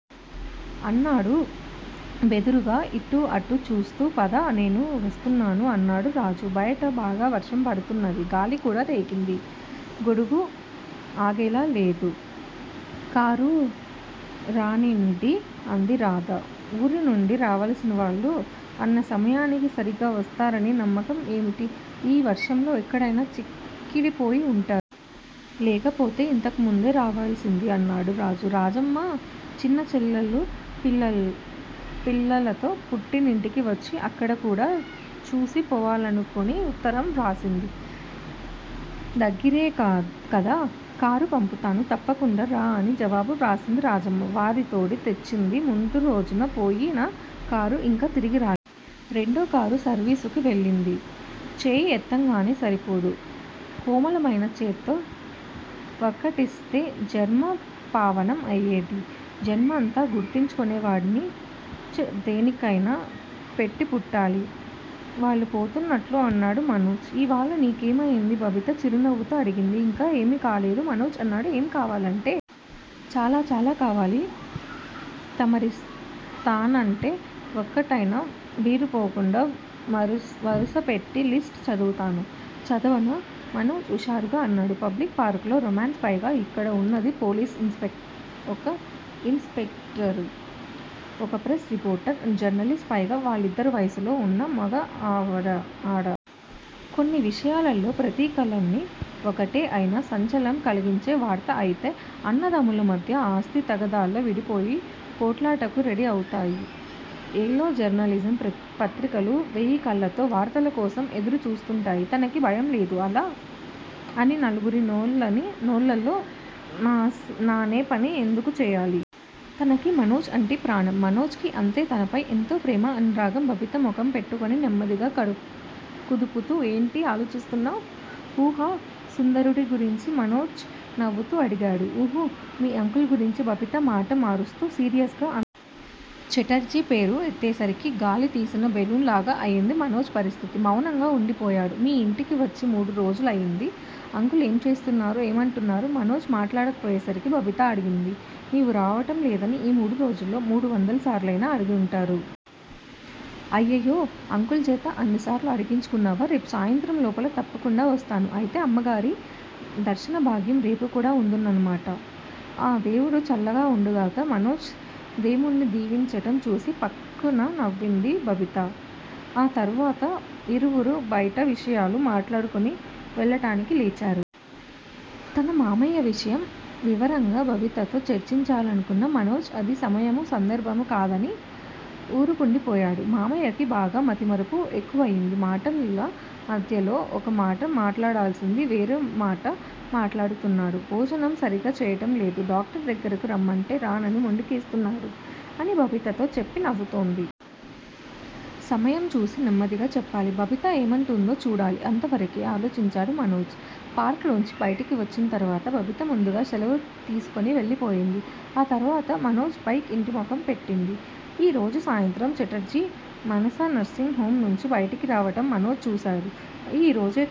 అన్నాడు బెదురుగా ఇటు అటు చూస్తూ. పద, నేనూ వస్తున్నాను అన్నాడు రాజు. బయట బాగా వర్షం పడుతున్నది. గాలికూడా రేగింది. గొడుగు ఆగేలా లేదు. కారు రానీండి అంది రాధ. ఊరినుండి రావలసినవాళ్ళు అన్న సమయానికి సరిగా వస్తారనే నమ్మకం ఏమిటి? ఈ వర్షంలో ఎక్కడైనా చిక్కడిపోయి వుంటారు. లేకపోతే ఇంతకుముందే రావలసింది అన్నాడు రాజు. రాజమ్మ చిన్నచెల్లెలు పిల్లలతో పుట్టినింటికి వచ్చి, అక్కని కూడా చూసిపోవాలనుకొని ఉత్తరం వ్రాసింది. దగ్గిరే కదా, కారు పంపుతాను, తప్పకుండా రా అని జవాబు వ్రాసింది రాజమ్మ. వారిని తోడి తెచ్చిందికి ముందురోజున పోయిన కారు ఇంకా తిరిగి రాలేదు. రెండోకారు సర్వీసుకి వెళ్ళింది. చేయి ఎత్తంగానే సరిపోదు కోమలమైన చేత్తో వక్కటిస్తే జన్మ పావనం అయ్యేది. జన్మంతా గుర్తించుకునే వాడిని ప్చ్ దేనికయినా పెట్టిపుట్టాలి. వాపోతున్నట్లు అన్నాడు మనోజు. ఇవాళ నీకేమయింది? బబిత చిరునవ్వుతో అడిగింది. ఇంకా ఏమీ కాలేదు మనోజ్ అన్నాడు. ఏం కావాలేంటీ? చాలా చాలా కావాలి. తమరిస్తానంటే వక్కటైనా బీరుపోకుండా వరుసపెట్టి లిస్ట్ చదువుతాను. చదవనా! మనోజ్ ఉషారుగా అన్నాడు. పబ్లిక్ పార్కులో రొమాన్స్ పైగా ఇక్కడ వున్నది పోలీసు ఇన్ స్పెక్టరు. ఒక ప్రెస్ రిపోర్టర్ అండ్ జర్నలిస్ట్ పైగ వాళ్ళిద్దరూ వయసులో వున్న మగ ఆడ. కొన్ని విషయాలలో పత్రికలన్నీ వకటే అయినా సంచలనం కలిగించే వార్త అయితే అన్నదమ్ముల మధ్య ఆస్తి తగాదాల్లాగా విడిపోయి పోట్లాటకి రెడీ అవుతాయి. ఎల్లో జర్నలిజం పత్రికలు వేయికళ్ళతో వార్తల కోసం ఎదురు చూస్తుంటాయి తనకి భయంలేదు. అలా అని నలుగురి నోళ్ళలో నానేపని ఎందుకు చేయాలి! తనకి మనోక్ అంటే ప్రాణం, మనోజ్ కి అంతే తనపై ఎంతో ప్రేమ అనురాగం బబిత ముఖం పట్టుకుని నిమ్మదిగ కుదుపుతూ ఏంటి ఆలోచిస్తున్నావ్! ఊహా సుందరుడి గురించా? మనోజ్ నవ్వుతూ అడిగాడు. ఉహూ మీ అంకుల్ గురించి. బబిత మాట మారుస్తూ సీరియస్ గా అంది. ఛటర్జీ పేరు ఎత్తేసరికి గాలి తీసిన బెలూన్ లాగా అయింది మనోజ్ పరిస్థితి, మౌనంగా వుండిపోయాడు. మీ యింటికి వచ్చి మూడు రోజులు అయింది. అంకుల్ ఏం చేస్తున్నారు! ఏమంటున్నారు? మనోజ్ మాట్లాడకపోయేసరికి బబిత అడిగింది. నీవు రావటం లేదని ఈ మూడు రోజుల్లో మూడు వందల సార్లయినా అడిగివుంటారు. అయ్యెయ్యో! అంకుల్ చేత అన్నిసార్లు అడిగించుకున్నానా! రేపు సాయంత్రం లోపల తప్పకుండావస్తాను. అయితే అమ్మాయిగారి దర్శనభాగ్యం రేపు కూడా వుందన్నమాట. ఆ దేవుడు చల్లగ వుండుగాక. మనోజ్ దేముణ్ని దీవించటం చూసి ఫక్కున నవ్వింది బబిత. ఆ తర్వాత ఇరువురు బైట విషయాలు మాట్లాడుకుని వెళ్ళటానికి లేచారు. తన మామయ్య విషయం వివరంగ బబితతో చర్చించాలనుకున్న మనోజ్ అది సమయము సందర్భము కాదని ఊరుకుండిపోయాడు. మామయ్యకి బాగా మతిమరుపు ఎక్కువయింది. మాటల మధ్యలో ఒక మాట మాట్లాడాల్సింది. వేరే మాట మాట్లాడుతున్నాడు. భోజనం సరీగ చేయటంలేదు. డాక్టర్ దగ్గరకు రమ్మంటే రానని మొండికేస్తున్నాడు అని బబితతో చెపితే నవ్వుతుంది. సమయంచూసి నెమ్మదిగా చెప్పాలి. బబిత ఏమంటుందో చూడాలి అంతవరకే ఆలోచించాడు మనోజ్. పార్క్ లోంచి బైటికి వచ్చింతరువాత బబిత ముందుగా శలవు తీసుకుని వెళ్ళిపోయింది. ఆ తర్వాత మనోజ్ బైక్ ఇంటి ముఖం పట్టింది. ఈ రోజు సాయంత్రం. ఛటర్జీ. మానసా నర్సింగ్ హోమ్ నుంచి బయటకి రావటం మనోజ్ చూశాడు. ఈ రోజే కాదు